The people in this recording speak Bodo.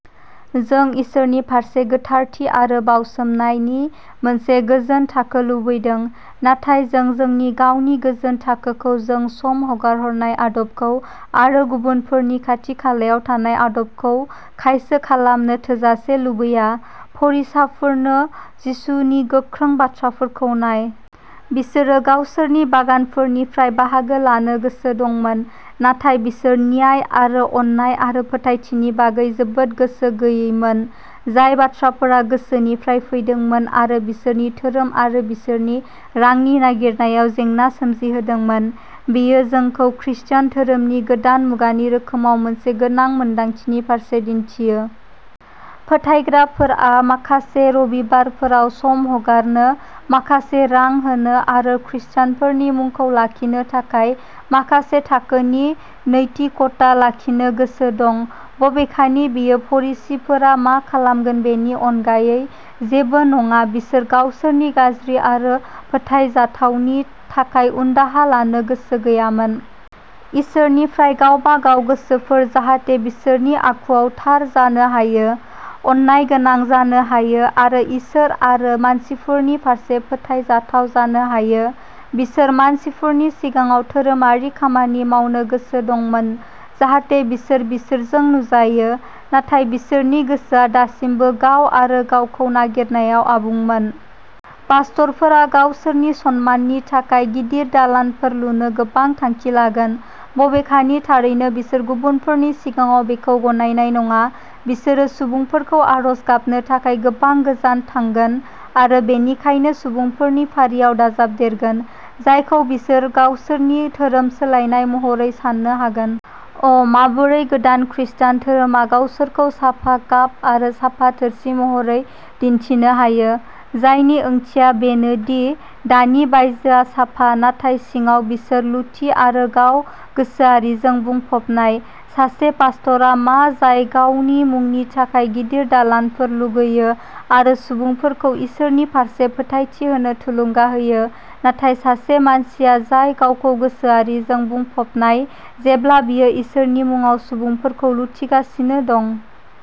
जों इसोरनि फारसे गोथारथि आरो "बाउसोमनाय" नि मोनसे गोजोन थाखो लुबैदों, नाथाय जों जोंनि गावनि गोजोन थाखोखौ, जों सम हगारनाय आदबखौ, आरो गुबुनफोरनि खाथि-खालायाव थानाय आदबखौ खायसो खालामनो थोजासे लुबैया। फरिसाफोरनो जिसुनि गोख्रों बाथ्राफोरखौ नाय। बिसोरो गावसोरनि बागानफोरनिफ्राय बाहागो लानो गोसो दंमोन, नाथाय बिसोरो न्याय आरो अननाय आरो फोथायथिनि बागै जोबोद गोसो गैयैमोन। जाय बाथ्राफोरा गोसोनिफ्राय फैदोंमोन आरो बिसोरनि धोरोम आरो बिसोरनि रांनि नागिरनायाव जेंना सोमजिहोदोंमोन। बेयो जोंखौ खृष्टान धोरोमनि गोदान मुगानि रोखोमाव मोनसे गोनां मोनदांथिनि फारसे दिन्थियो। फोथायग्राफोरआ माखासे रबिबारफोराव सम हगारनो, माखासे रां होनो, आरो खृष्टानफोरनि मुंखौ लाखिनो थाखाय माखासे थाखोनि नैतिकता लाखिनो गोसो दं। बबेखानि, बेयो फरिसीफोरा मा खालामगोन बेनि अनगायै जेबो नङा। बिसोरो गावसोरनि गाज्रि आरो फोथायजाथावनि थाखाय उनदाहा लानो गोसो गैयामोन। इसोरनिफ्राय गावबागाव गोसोफोर जाहाथे बिसोरनि आखुआव थार जानो हायो, अननायगोनां जानो हायो, आरो इसोर आरो मानसिफोरनि फारसे फोथायजाथाव जानो हायो। बिसोर मानसिफोरनि सिगाङाव धोरोमारि खामानि मावनो गोसो दंमोन जाहाथे बिसोर बिसोरजों नुजायो, नाथाय बिसोरनि गोसोआ दासिमबो गाव आरो गावखौ नागिरनायाव आबुंमोन। पास्टरफोरा गावसोरनि सन्माननि थाखाय गिदिर दालानफोर लुनो गोबां थांखि लागोन, बबेखानि थारैनो बिसोर गुबुनफोरनि सिगाङाव बेखौ गनायनाय नङा। बिसोरो सुबुंफोरखौ आरज गाबनो थाखाय गोबां गोजान थांगोन आरो बेनिखायनो सुबुंफोरनि फारियाव दाजाबदेरगोन जायखौ बिसोरो गावसोरनि धोरोम सोलायनाय महरै साननो हागोन। अ' माबोरै गोदान खृस्टान धोरोमा गावसोरखौ साफा काप आरो साफा थोरसि महरै दिन्थिनो हायो। जायनि ओंथिया बेनो दि दानि बायजोआ साफा नाथाय सिङाव बिसोर लुथि आरो गाव-गोसोआरिजों बुंफबनाय। सासे पास्टरआ मा जाय गावनि मुंनि थाखाय गिदिर दालानफोर लुगैयो आरो सुबुंफोरखौ इसोरनि फारसे फोथायथि होनो थुलुंगा होयो नाथाय सासे मानसिया जाय गावखौ गोसो-आरिजों बुंफबनाय जेब्ला बियो इसोरनि मुङाव सुबुंफोरखौ लुथिगासिनो दं।